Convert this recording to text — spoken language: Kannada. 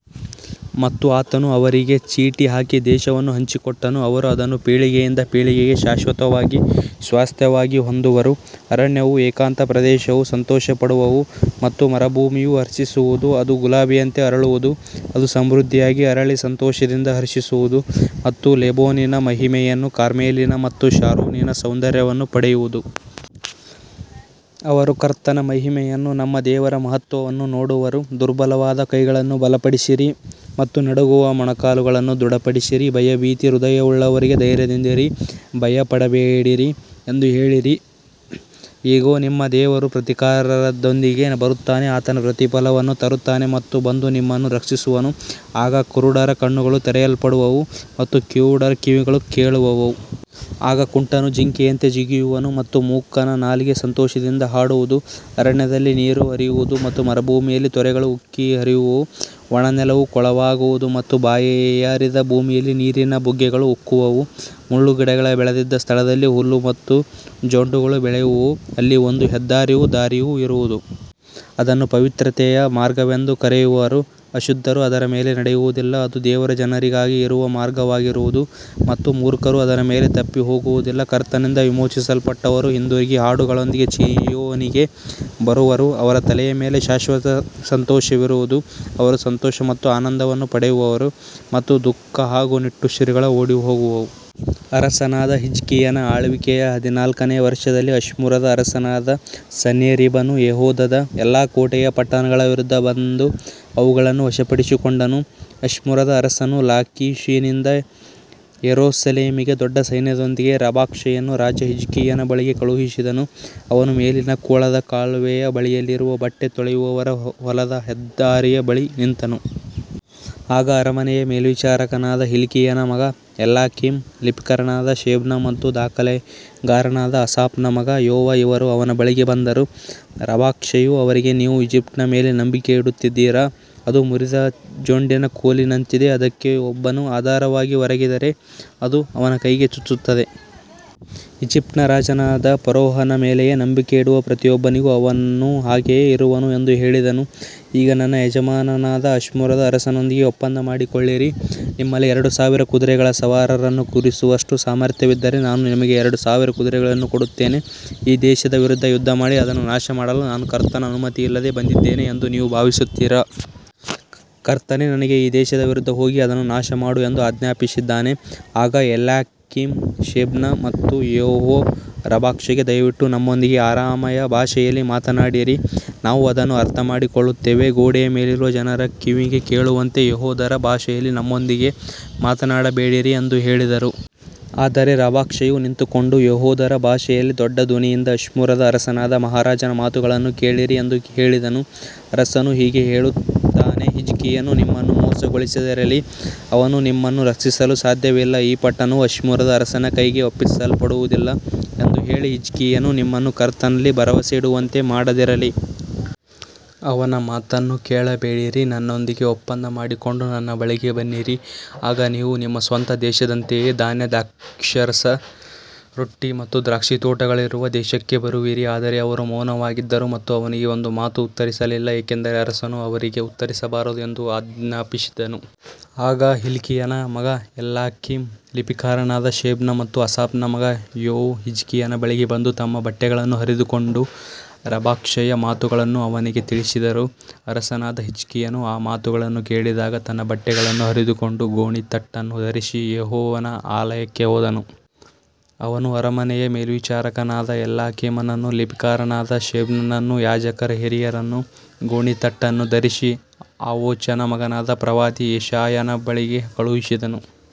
ಮತ್ತು ಆತನು ಅವರಿಗೆ ಚೀಟಿ ಹಾಕಿ ದೇಶವನ್ನು ಹಂಚಿಕೊಟ್ಟನು. ಅವರು ಅದನ್ನು ಪೀಳಿಗೆಯಿಂದ ಪೀಳಿಗೆಗೆ ಶಾಶ್ವತವಾಗಿ ಸ್ವಾಸ್ತ್ಯವಾಗಿ ಹೊಂದುವರು. ಅರಣ್ಯವೂ ಏಕಾಂತ ಪ್ರದೇಶವೂ ಸಂತೋಷಪಡುವವು ಮತ್ತು ಮರುಭೂಮಿಯೂ ಹರ್ಷಿಸುವುದು. ಅದು ಗುಲಾಬಿಯಂತೆ ಅರಳುವುದು. ಅದು ಸಮೃದ್ಧಿಯಾಗಿ ಅರಳಿ ಸಂತೋಷದಿಂದ ಹರ್ಷಿಸುವುದು ಮತ್ತು ಲೆಬನೋನಿನ ಮಹಿಮೆಯನ್ನೂ ಕಾರ್ಮೆಲಿನ ಮತ್ತು ಶಾರೋನಿನ ಸೌಂದರ್ಯವನ್ನೂ ಪಡೆಯುವುದು. ಅವರು ಕರ್ತನ ಮಹಿಮೆಯನ್ನೂ ನಮ್ಮ ದೇವರ ಮಹತ್ತ್ವವನ್ನೂ ನೋಡುವರು. ದುರ್ಬಲವಾದ ಕೈಗಳನ್ನು ಬಲಪಡಿಸಿರಿ ಮತ್ತು ನಡುಗುವ ಮೊಣಕಾಲುಗಳನ್ನು ದೃಢಪಡಿಸಿರಿ. ಭಯಭೀತ ಹೃದಯವುಳ್ಳವರಿಗೆ ಧೈರ್ಯದಿಂದಿರಿ, ಭಯಪಡಬೇಡಿರಿ ಎಂದು ಹೇಳಿರಿ. ಇಗೋ, ನಿಮ್ಮ ದೇವರು ಪ್ರತೀಕಾರದೊಂದಿಗೆ ಬರುತ್ತಾನೆ. ಆತನು ಪ್ರತಿಫಲವನ್ನು ತರುತ್ತಾನೆ ಮತ್ತು ಬಂದು ನಿಮ್ಮನ್ನು ರಕ್ಷಿಸುವನು. ಆಗ ಕುರುಡರ ಕಣ್ಣುಗಳು ತೆರೆಯಲ್ಪಡುವವು ಮತ್ತು ಕಿವುಡರ ಕಿವಿಗಳು ಕೇಳುವವು. ಆಗ ಕುಂಟನು ಜಿಂಕೆಯಂತೆ ಜಿಗಿಯುವನು ಮತ್ತು ಮೂಕನ ನಾಲಿಗೆ ಸಂತೋಷದಿಂದ ಹಾಡುವುದು. ಅರಣ್ಯದಲ್ಲಿ ನೀರು ಹರಿಯುವುದು ಮತ್ತು ಮರುಭೂಮಿಯಲ್ಲಿ ತೊರೆಗಳು ಉಕ್ಕಿ ಹರಿಯುವವು. ಒಣನೆಲವು ಕೊಳವಾಗುವುದು ಮತ್ತು ಬಾಯಾರಿದ ಭೂಮಿಯಲ್ಲಿ ನೀರಿನ ಬುಗ್ಗೆಗಳು ಉಕ್ಕುವವು. ಮುಳ್ಳುಗಿಡಗಳು ಬೆಳೆದಿದ್ದ ಸ್ಥಳದಲ್ಲಿ ಹುಲ್ಲು ಮತ್ತು ಜೊಂಡುಗಳು ಬೆಳೆಯುವವು. ಅಲ್ಲಿ ಒಂದು ಹೆದ್ದಾರಿಯೂ ದಾರಿಯೂ ಇರುವುದು. ಅದನ್ನು ಪವಿತ್ರತೆಯ ಮಾರ್ಗವೆಂದು ಕರೆಯುವರು. ಅಶುದ್ಧರು ಅದರ ಮೇಲೆ ನಡೆಯುವುದಿಲ್ಲ. ಅದು ದೇವರ ಜನರಿಗಾಗಿ ಇರುವ ಮಾರ್ಗವಾಗಿರುವುದು ಮತ್ತು ಮೂರ್ಖರೂ ಅದರ ಮೇಲೆ ತಪ್ಪಿಹೋಗುವುದಿಲ್ಲ. ಕರ್ತನಿಂದ ವಿಮೋಚಿಸಲ್ಪಟ್ಟವರು ಹಿಂದಿರುಗಿ ಹಾಡುಗಳೊಂದಿಗೆ ಚೀಯೋನಿಗೆ ಬರುವರು. ಅವರ ತಲೆಯ ಮೇಲೆ ಶಾಶ್ವತ ಸಂತೋಷವಿರುವುದು. ಅವರು ಸಂತೋಷ ಮತ್ತು ಆನಂದವನ್ನು ಪಡೆಯುವರು ಮತ್ತು ದುಃಖ ಹಾಗೂ ನಿಟ್ಟುಸಿರುಗಳು ಓಡಿಹೋಗುವವು. ಅರಸನಾದ ಹಿಜ್ಕೀಯನ ಆಳ್ವಿಕೆಯ ಹದಿನಾಲ್ಕನೆಯ ವರ್ಷದಲ್ಲಿ ಅಶ್ಶೂರದ ಅರಸನಾದ ಸನ್ಹೇರೀಬನು ಯೆಹೂದದ ಎಲ್ಲಾ ಕೋಟೆಯ ಪಟ್ಟಣಗಳ ವಿರುದ್ಧ ಬಂದು ಅವುಗಳನ್ನು ವಶಪಡಿಸಿಕೊಂಡನು. ಅಶ್ಶೂರದ ಅರಸನು ಲಾಕೀಷಿನಿಂದ ಯೆರೂಸಲೇಮಿಗೆ ದೊಡ್ಡ ಸೈನ್ಯದೊಂದಿಗೆ ರಬ್ಷಾಕೆಯನ್ನು ರಾಜ ಹಿಜ್ಕೀಯನ ಬಳಿಗೆ ಕಳುಹಿಸಿದನು. ಅವನು ಮೇಲಿನ ಕೊಳದ ಕಾಲುವೆಯ ಬಳಿಯಲ್ಲಿರುವ ಬಟ್ಟೆ ತೊಳೆಯುವವರ ಹೊಲದ ಹೆದ್ದಾರಿಯ ಬಳಿ ನಿಂತನು. ಆಗ ಅರಮನೆಯ ಮೇಲ್ವಿಚಾರಕನಾದ ಹಿಲ್ಕೀಯನ ಮಗ ಎಲ್ಯಾಕೀಮ, ಲಿಪಿಕಾರನಾದ ಶೆಬ್ನ ಮತ್ತು ದಾಖಲೆಗಾರನಾದ ಆಸಾಫನ ಮಗ ಯೋವ ಇವರು ಅವನ ಬಳಿಗೆ ಬಂದರು. ರಬ್ಷಾಕೆಯು ಅವರಿಗೆ, ನೀವು ಈಜಿಪ್ಟಿನ ಮೇಲೆ ನಂಬಿಕೆ ಇಡುತ್ತಿದ್ದೀರಾ? ಅದು ಮುರಿದ ಜೊಂಡಿನ ಕೋಲಿನಂತಿದೆ. ಅದಕ್ಕೆ ಒಬ್ಬನು ಆಧಾರವಾಗಿ ಒರಗಿದರೆ ಅದು ಅವನ ಕೈಗೆ ಚುಚ್ಚುತ್ತದೆ. ಈಜಿಪ್ಟಿನ ರಾಜನಾದ ಫರೋಹನ ಮೇಲೆಯೇ ನಂಬಿಕೆ ಇಡುವ ಪ್ರತಿಯೊಬ್ಬನಿಗೂ ಅವನು ಹಾಗೆಯೇ ಇರುವನು ಎಂದು ಹೇಳಿದನು. ಈಗ ನನ್ನ ಯಜಮಾನನಾದ ಅಶ್ಶೂರದ ಅರಸನೊಂದಿಗೆ ಒಪ್ಪಂದ ಮಾಡಿಕೊಳ್ಳಿರಿ. ನಿಮ್ಮಲ್ಲಿ ಎರಡು ಸಾವಿರ ಕುದುರೆಗಳ ಸವಾರರನ್ನು ಕೂರಿಸುವಷ್ಟು ಸಾಮರ್ಥ್ಯವಿದ್ದರೆ ನಾನು ನಿಮಗೆ ಎರಡು ಸಾವಿರ ಕುದುರೆಗಳನ್ನು ಕೊಡುತ್ತೇನೆ. ಈ ದೇಶದ ವಿರುದ್ಧ ಯುದ್ಧಮಾಡಿ ಅದನ್ನು ನಾಶಮಾಡಲು ನಾನು ಕರ್ತನ ಅನುಮತಿಯಿಲ್ಲದೆ ಬಂದಿದ್ದೇನೆ ಎಂದು ನೀವು ಭಾವಿಸುತ್ತೀರಾ? ಕರ್ತನೇ ನನಗೆ ಈ ದೇಶದ ವಿರುದ್ಧ ಹೋಗಿ ಅದನ್ನು ನಾಶಮಾಡು ಎಂದು ಆಜ್ಞಾಪಿಸಿದ್ದಾನೆ. ಆಗ ಎಲ್ಯಾಕೀಮ, ಶೆಬ್ನ ಮತ್ತು ಯೋವ ರಬ್ಷಾಕೆಗೆ, ದಯವಿಟ್ಟು ನಮ್ಮೊಂದಿಗೆ ಅರಾಮಾಯ ಭಾಷೆಯಲ್ಲಿ ಮಾತನಾಡಿರಿ. ನಾವು ಅದನ್ನು ಅರ್ಥಮಾಡಿಕೊಳ್ಳುತ್ತೇವೆ. ಗೋಡೆಯ ಮೇಲಿರುವ ಜನರ ಕಿವಿಗೆ ಕೇಳುವಂತೆ ಯೆಹೂದ್ಯರ ಭಾಷೆಯಲ್ಲಿ ನಮ್ಮೊಂದಿಗೆ ಮಾತನಾಡಬೇಡಿರಿ ಎಂದು ಹೇಳಿದರು. ಆದರೆ ರಬ್ಷಾಕೆಯು ನಿಂತುಕೊಂಡು ಯೆಹೂದ್ಯರ ಭಾಷೆಯಲ್ಲಿ ದೊಡ್ಡ ಧ್ವನಿಯಿಂದ, ಅಶ್ಶೂರದ ಅರಸನಾದ ಮಹಾರಾಜನ ಮಾತುಗಳನ್ನು ಕೇಳಿರಿ ಎಂದು ಹೇಳಿದನು. ಅರಸನು ಹೀಗೆ ಹೇಳುತ್ತಾನೆ. ಹಿಜ್ಕೀಯನು ನಿಮ್ಮನ್ನು ಮೋಸಗೊಳಿಸದಿರಲಿ. ಅವನು ನಿಮ್ಮನ್ನು ರಕ್ಷಿಸಲು ಸಾಧ್ಯವಿಲ್ಲ. ಈ ಪಟ್ಟಣವು ಅಶ್ಶೂರದ ಅರಸನ ಕೈಗೆ ಒಪ್ಪಿಸಲ್ಪಡುವುದಿಲ್ಲ ಎಂದು ಹೇಳಿ ಹಿಜ್ಕೀಯನು ನಿಮ್ಮನ್ನು ಕರ್ತನಲ್ಲಿ ಭರವಸೆಯಿಡುವಂತೆ ಮಾಡದಿರಲಿ. ಅವನ ಮಾತನ್ನು ಕೇಳಬೇಡಿರಿ. ನನ್ನೊಂದಿಗೆ ಒಪ್ಪಂದ ಮಾಡಿಕೊಂಡು ನನ್ನ ಬಳಿಗೆ ಬನ್ನಿರಿ. ಆಗ ನೀವು ನಿಮ್ಮ ಸ್ವಂತ ದೇಶದಂತೆಯೇ ಧಾನ್ಯ, ದ್ರಾಕ್ಷಾರಸ, ರೊಟ್ಟಿ ಮತ್ತು ದ್ರಾಕ್ಷಿತೋಟಗಳಿರುವ ದೇಶಕ್ಕೆ ಬರುವಿರಿ. ಆದರೆ ಅವರು ಮೌನವಾಗಿದ್ದರು ಮತ್ತು ಅವನಿಗೆ ಒಂದು ಮಾತೂ ಉತ್ತರಿಸಲಿಲ್ಲ. ಏಕೆಂದರೆ ಅರಸನು ಅವರಿಗೆ ಉತ್ತರಿಸಬಾರದು ಎಂದು ಆಜ್ಞಾಪಿಸಿದ್ದನು. ಆಗ ಹಿಲ್ಕೀಯನ ಮಗ ಎಲ್ಯಾಕೀಮ, ಲಿಪಿಕಾರನಾದ ಶೆಬ್ನ ಮತ್ತು ಆಸಾಫನ ಮಗ ಯೋವ ಹಿಜ್ಕೀಯನ ಬಳಿಗೆ ಬಂದು ತಮ್ಮ ಬಟ್ಟೆಗಳನ್ನು ಹರಿದುಕೊಂಡು ರಬ್ಷಾಕೆಯ ಮಾತುಗಳನ್ನು ಅವನಿಗೆ ತಿಳಿಸಿದರು. ಅರಸನಾದ ಹಿಜ್ಕೀಯನು ಆ ಮಾತುಗಳನ್ನು ಕೇಳಿದಾಗ ತನ್ನ ಬಟ್ಟೆಗಳನ್ನು ಹರಿದುಕೊಂಡು ಗೋಣಿತಟ್ಟನ್ನು ಧರಿಸಿ ಯೆಹೋವನ ಆಲಯಕ್ಕೆ ಹೋದನು. ಅವನು ಅರಮನೆಯ ಮೇಲ್ವಿಚಾರಕನಾದ ಎಲ್ಯಾಕೀಮನನ್ನೂ ಲಿಪಿಕಾರನಾದ ಶೆಬ್ನನನ್ನೂ ಯಾಜಕರ ಹಿರಿಯರನ್ನೂ ಗೋಣಿತಟ್ಟನ್ನು ಧರಿಸಿ ಆಮೋಚನ ಮಗನಾದ ಪ್ರವಾದಿ ಯೆಶಾಯನ ಬಳಿಗೆ ಕಳುಹಿಸಿದನು.